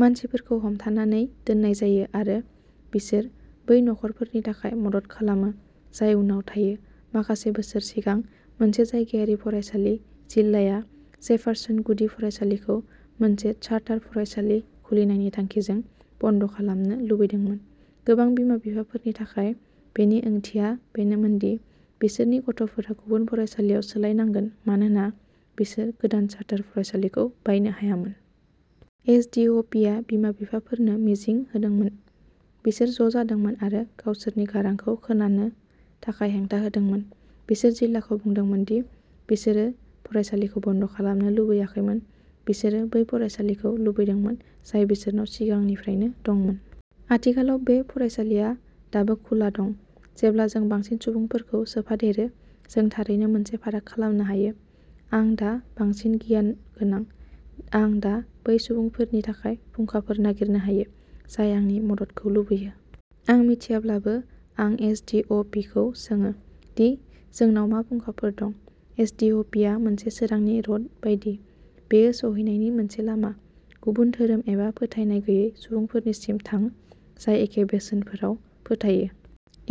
मानसिफोरखौ हमथानानै दोननाय जायो आरो बिसोर बै नखरफोरनि थाखाय मदद खालामो जाय उनाव थायो। माखासे बोसोर सिगां मोनसे जायगायारि फरायसालि जिल्लाया जेफारसन गुदि फरायसालिखौ मोनसे चार्टार फरायसालि खुलिनायनि थांखिजों बन्द खालामनो लुबैदोंमोन। गोबां बिमा बिफाफोरनि थाखाय बेनि ओंथिया बेनोमोन दि बिसोरनि गथ'फोरा गुबुन फरायसालियाव सोलायनांगोन मानोना बिसोर गोदान चार्टार फरायसालिखौ बायनो हायामोन। एस डि अ पि आ बिमा बिफाफोरनो मिजिं होदोंमोन। बिसोरो ज' जादोंमोन आरो गावसोरनि गारांखौ खोनानो थाखाय हेंथा होदोंमोन। बिसोरो जिल्लाखौ बुंदोंमोन दि बिसोरो फरायसालिखौ बन्द खालामनो लुबैयाखैमोन बिसोरो बै फरायसालिखौ लुबैदोंमोन जाय बिसोरनाव सिगांनिफ्रायनो दंमोन। आथिखालाव बै फरायसालिआ दाबो खुला दं। जेब्ला जों बांसिन सुबुंफोरखौ सोफादेरो जों थारैनो मोनसे फाराग खालामनो हायो। आं दा बांसिन गियान गोनां। आं दा बै सुबुंफोरनि थाखाय फुंखाफोर नागिरनो हायो जाय आंनि मददखौ लुबैयो। आं मिथियाब्लाबो आं एस डि अ पि खौ सोङो दि जोंनाव मा फुंखाफोर दं। एस डि अ पि आ मोनसे सोरांनि रड बायदि। बेयो सौहैनायनि मोनसे लामा। गुबुन धोरोम एबा फोथायनाय गैयै सुबुंफोरनिसिम थां जाय एखे बेसेनफोराव फोथायो।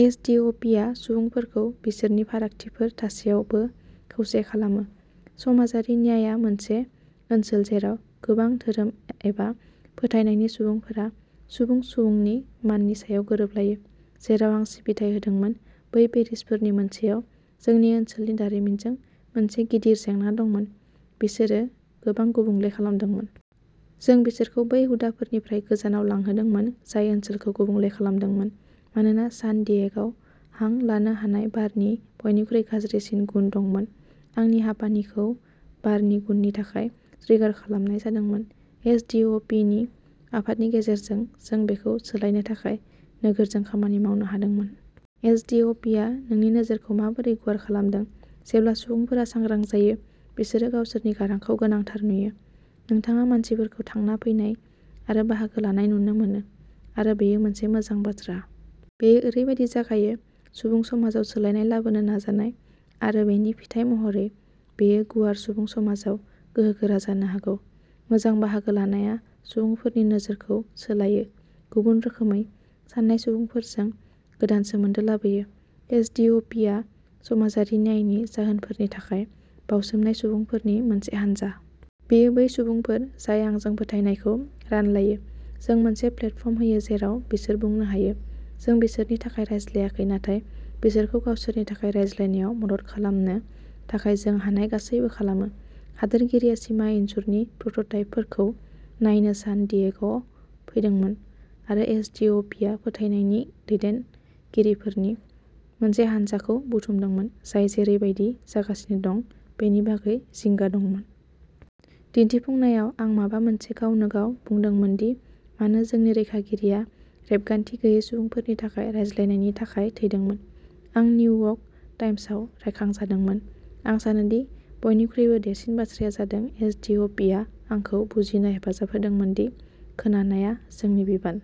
एस डि अ पि आ सुबुंफोरखौ बिसोरनि फारागथिफोर थासेयावबो खौसे खालामो। समाजारि न्यायआ मोनसे ओनसोल जेराव गोबां धोरोम एबा फोथायनायनि सुबुंफोरा सुबुं सुबुंनि माननि सायाव गोरोबलायो। जेराव आं सिबिथाय होदोंमोन बै पेरिशफोरनि मोनसेयाव जोंनि ओनसोलनि दारिमिनजों मोनसे गिदिर जेंना दंमोन बिसोरो गोबां गुबुंले खालामदोंमोन। जों बिसोरखौ बै हुदाफोरनिफ्राय गोजानाव लांहोदोंमोन जाय ओनसोलखौ गुबुंले खालामदोंमोन मानोना सान डियेग'आव हां लानो हानाय बारनि बयनिख्रुइ गाज्रिसिन गुन दंमोन आंनि हापानिखौ बारनि गुननि थाखाय ट्रिगार खालामनाय जादोंमोन। एस डि अ पि नि आफादनि गेजेरजों जों बेखौ सोलायनो थाखाय नोगोरजों खामानि मावनो हादोंमोन। एस डि अ पि आ नोंनि नोजोरखौ माबोरै गुवार खालामदों जेब्ला सुबुंफोरा सांग्रां जायो बिसोरो गावसोरनि गारांखौ गोनांथार नुयो। नोंथाङा मानसिफोरखौ थांना फैनाय आरो बाहागो लानाय नुनो मोनो आरो बेयो मोनसे मोजां बाथ्रा। बेयो ओरैबायदि जागायो। सुबुं समाजाव सोलायनाय लाबोनो नाजानाय आरो बेनि फिथाय महरै बेयो गुवार सुबुं समाजाव गोहोगोरा जानो हागौ। मोजां बाहागो लानाया सुबुंफोरनि नोजोरखौ सोलायो गुबुन रोखोमै सान्नाय सुबुंफोरजों गोदान सोमोन्दो लाबोयो। एस डि अ पि आ समाजारि न्यायनि जाहोनफोरनि थाखाय बावसोमनाय सुबुंफोरनि मोनसे हानजा। बेयो बै सुबुंफोर जाय आंजों फोथायनायखौ रानलायो। जों मोनसे प्लेटफर्म होयो जेराव बिसोरो बुंनो हायो। जों बिसोरनि थाखाय रायज्लायाखै नाथाय बिसोरखौ गावसोरनि थाखाय रायज्लायनायाव मदद खालामनो थाखाय जों हानाय गासैबो खालामो। हादोरगिरिया सिमा इनजुरनि प्रोटोटाइपफोरखौ नायनो सान डियेग'आव फैदोंमोन आरो एस डि अ पि आ फोथायनायनि दैदेनगिरिफोरनि मोनसे हानजाखौ बुथुमदोंमोन जाय जेरै बायदि जागासिनो दं बेनि बागै जिंगा दंमोन। दिन्थिफुंनायाव आं माबा मोनसे गावनो गाव बुंदोंमोन दि मानो जोंनि रैखागिरिया रेबगान्थि गैयै सुबुंफोरनि थाखाय रायज्लायनायनि थाखाय थैदोंमोन। आं निउयर्क टाइम्सआव रायखांजादोंमोन। आं सानोदि बयनिख्रुइबो देरसिन बाथ्राया जादों एस डि अ पि आ आंखौ बुजिनो हेफाजाब होदोंमोन दि खोनानाया जोंनि बिबान।